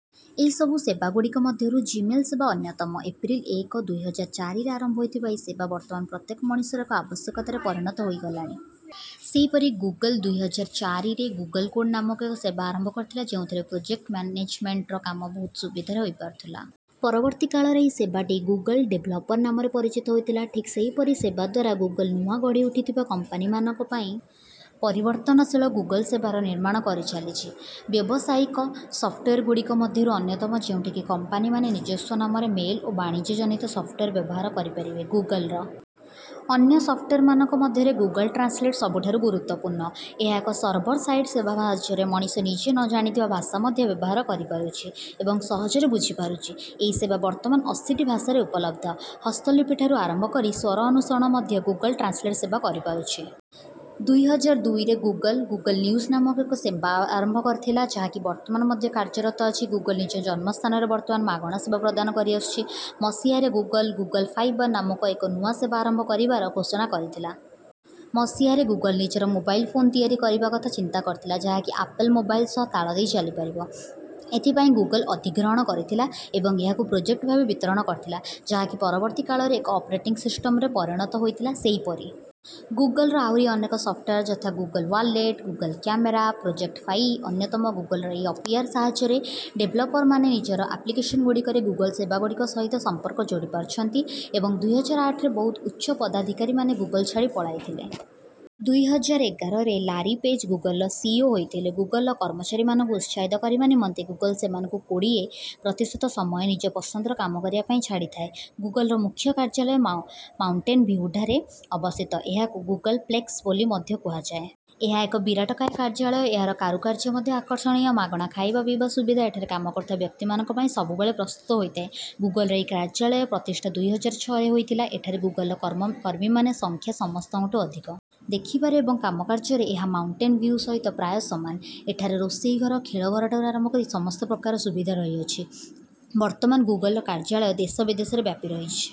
ଏହିସବୁ ସେବାଗୁଡ଼ିକ ମଧ୍ୟରୁ ଜିମେଲ୍ ସେବା ଅନ୍ୟତମ। ଏପ୍ରିଲ ଏକ, ଦୁଇ ହଜାର ଚାରିରେ ଆରମ୍ଭ ହୋଇଥିବା ଏହି ସେବା ବର୍ତ୍ତମାନ ପ୍ରତ୍ୟେକ ମଣିଷର ଏକ ଆବଶ୍ୟକତାରେ ପରିଣତ ହୋଇଗଲାଣି। ସେହିପରି ଗୁଗଲ ଦୁଇ ହଜାର ଚାରିରେ ଗୁଗଲ କୋଡ଼ ନାମକ ଏକ ସେବା ଆରମ୍ଭ କରିଥିଲା, ଯେଉଁଥିରେ ପ୍ରୋଜେକ୍ଟ ମ୍ୟାନେଜମେଣ୍ଟର କାମ ବହୁତ ସୁବିଧାରେ ହୋଇପାରୁଥିଲା। ପରବର୍ତ୍ତୀ କାଳରେ ଏହି ସେବାଟି ଗୁଗଲ ଡେଭଲପର ନାମରେ ପରିଚିତ ହୋଇଥିଲା। ଠିକ୍ ସେହିପରି ସେବା ଦ୍ୱାରା ଗୁଗଲ ନୂଆ ଗଢ଼ିଉଠିଥିବା କମ୍ପାନୀମାନଙ୍କ ପାଇଁ ପରିବର୍ତ୍ତନଶୀଳ ଗୁଗଲ ସେବାର ନିର୍ମାଣ କରିଚାଲିଛି। ବ୍ୟବସାୟିକ ସଫ୍ଟୱେର୍‌ଗୁଡ଼ିକ ମଧ୍ୟରୁ ଅନ୍ୟତମ, ଯେଉଁଠି କି କମ୍ପାନୀମାନେ ନିଜସ୍ୱ ନାମରେ ମେଲ୍ ଏବଂ ବାଣିଜ୍ୟଜନିତ ସଫ୍ଟୱେର୍ ବ୍ୟବହାର କରିପାରିବେ। ଗୁଗଲର ଅନ୍ୟ ସଫ୍ଟୱେର୍‌ମାନଙ୍କ ମଧ୍ୟରେ ଗୁଗଲ ଟ୍ରାନ୍ସଲେଟ୍ ସବୁଠାରୁ ଗୁରୁତ୍ୱପୂର୍ଣ୍ଣ। ଏହା ଏକ ସର୍ଭର ସାଇଡ୍ ସେବା ସାହାଯ୍ୟରେ ମଣିଷ ନିଜେ ନ ଜାଣିଥିବା ଭାଷା ମଧ୍ୟ ବ୍ୟବହାର କରିପାରୁଛି ଏବଂ ସହଜରେ ବୁଝିପାରୁଛି। ଏହି ସେବା ବର୍ତ୍ତମାନ ଅଶୀଟି ଭାଷାରେ ଉପଲବ୍ଧ। ହସ୍ତଲିପିଠାରୁ ଆରମ୍ଭ କରି ସ୍ୱର ଅନୁସରଣ ମଧ୍ୟ ଗୁଗଲ ଟ୍ରାନ୍ସଲେଟ୍ ସେବା କରିପାରୁଛି। ଦୁଇ ହଜାର ଦୁଇରେ ଗୁଗଲ, ଗୁଗଲ ନ୍ୟୁଜ୍ ନାମକ ଏକ ସେବା ଆରମ୍ଭ କରିଥିଲା, ଯାହାକି ବର୍ତ୍ତମାନ ମଧ୍ୟ କାର୍ଯ୍ୟରତ ଅଛି। ଗୁଗଲ ନିଜ ଜନ୍ମସ୍ଥାନରେ ବର୍ତ୍ତମାନ ମାଗଣା ସେବା ପ୍ରଦାନ କରିଆସୁଛି। ମସିହାରେ ଗୁଗଲ, ଗୁଗଲ ଫାଇବର୍ ନାମକ ଏକ ନୂଆ ସେବା ଆରମ୍ଭ କରିବାର ଘୋଷଣା କରିଥିଲା। ମସିହାରେ ଗୁଗଲ ନିଜର ମୋବାଇଲ୍ ଫୋନ୍ ତିଆରି କରିବା କଥା ଚିନ୍ତା କରିଥିଲା, ଯାହାକି ଆପଲ୍ ମୋବାଇଲ୍ ସହ ତାଳ ଦେଇ ଚାଲିପାରିବ। ଏଥିପାଇଁ ଗୁଗଲ ଅଧିଗ୍ରହଣ କରିଥିଲା ଏବଂ ଏହାକୁ ପ୍ରୋଜେକ୍ଟ ଭାବେ ବିତରଣ କରିଥିଲା, ଯାହାକି ପରବର୍ତ୍ତୀ କାଳରେ ଏକ ଅପରେଟିଂ ସିଷ୍ଟମ୍‌ରେ ପରିଣତ ହୋଇଥିଲା। ସେହିପରି ଗୁଗଲର ଆହୁରି ଅନେକ ସଫ୍ଟୱେର୍ ଯଥା Google Wallet, Google Camera, Project Fi ଅନ୍ୟତମ। ଗୁଗଲର ଏହି ଏପିଆଇ ସାହାଯ୍ୟରେ ଡେଭେଲପରମାନେ ନିଜର ଆପ୍ଲିକେସନ୍‌ଗୁଡ଼ିକରେ ଗୁଗଲ ସେବାଗୁଡ଼ିକ ସହିତ ସମ୍ପର୍କ ଯୋଡ଼ିପାରୁଛନ୍ତି। ଏବଂ ଦୁଇ ହଜାର ଆଠରେ ବହୁତ ଉଚ୍ଚପଦାଧିକାରୀମାନେ ଗୁଗଲ ଛାଡ଼ି ପଳାଇଥିଲେ। ଦୁଇ ହଜାର ଏଗାରରେ ଲାରୀ ପେଜ୍ ଗୁଗଲର ସିଇଓ ହୋଇଥିଲେ। ଗୁଗଲର କର୍ମଚାରୀମାନଙ୍କୁ ଉତ୍ସାହିତ କରିବା ନିମନ୍ତେ ଗୁଗଲ ସେମାନଙ୍କୁ କୋଡ଼ିଏ ପ୍ରତିଶତ ସମୟ ନିଜ ପସନ୍ଦର କାମ କରିବା ପାଇଁ ଛାଡ଼ିଥାଏ। ଗୁଗଲର ମୁଖ୍ୟ କାର୍ଯ୍ୟାଳୟ ମାଉଣ୍ଟେନ୍ ଭିଉଠାରେ ଅବସ୍ଥିତ। ଏହାକୁ ଗୁଗଲପ୍ଲେକ୍ସ ବୋଲି ମଧ୍ୟ କୁହାଯାଏ। ଏହା ଏକ ବିରାଟକାୟ କାର୍ଯ୍ୟାଳୟ। ଏହାର କାରୁକାର୍ଯ୍ୟ ମଧ୍ୟ ଆକର୍ଷଣୀୟ। ମାଗଣା ଖାଇବା ପିଇବା ସୁବିଧା ଏଠାରେ କାମ କରୁଥିବା ବ୍ୟକ୍ତିମାନଙ୍କ ପାଇଁ ସବୁବେଳେ ପ୍ରସ୍ତୁତ ହୋଇଥାଏ। ଗୁଗଲର ଏହି କାର୍ଯ୍ୟାଳୟ ପ୍ରତିଷ୍ଠା ଦୁଇ ହଜାର ଛଅରେ ହୋଇଥିଲା। ଏଠାରେ ଗୁଗଲର କର୍ମ କର୍ମୀମାନଙ୍କ ସଂଖ୍ୟା ସମସ୍ତଙ୍କଠୁଁ ଅଧିକ। ଦେଖିବାରେ ଏବଂ କାମକାର୍ଯ୍ୟରେ ଏହା ମାଉଣ୍ଟେନ୍ ଭିଉ ସହିତ ପ୍ରାୟ ସମାନ। ଏଠାରେ ରୋଷେଇ ଘର, ଖେଳ ଘରଠାରୁ ଆରମ୍ଭ କରି ସମସ୍ତ ପ୍ରକାରର ସୁବିଧା ରହିଅଛି। ବର୍ତ୍ତମାନ ଗୁଗଲର କାର୍ଯ୍ୟାଳୟ ଦେଶ ବିଦେଶରେ ବ୍ୟାପି ରହିଛି।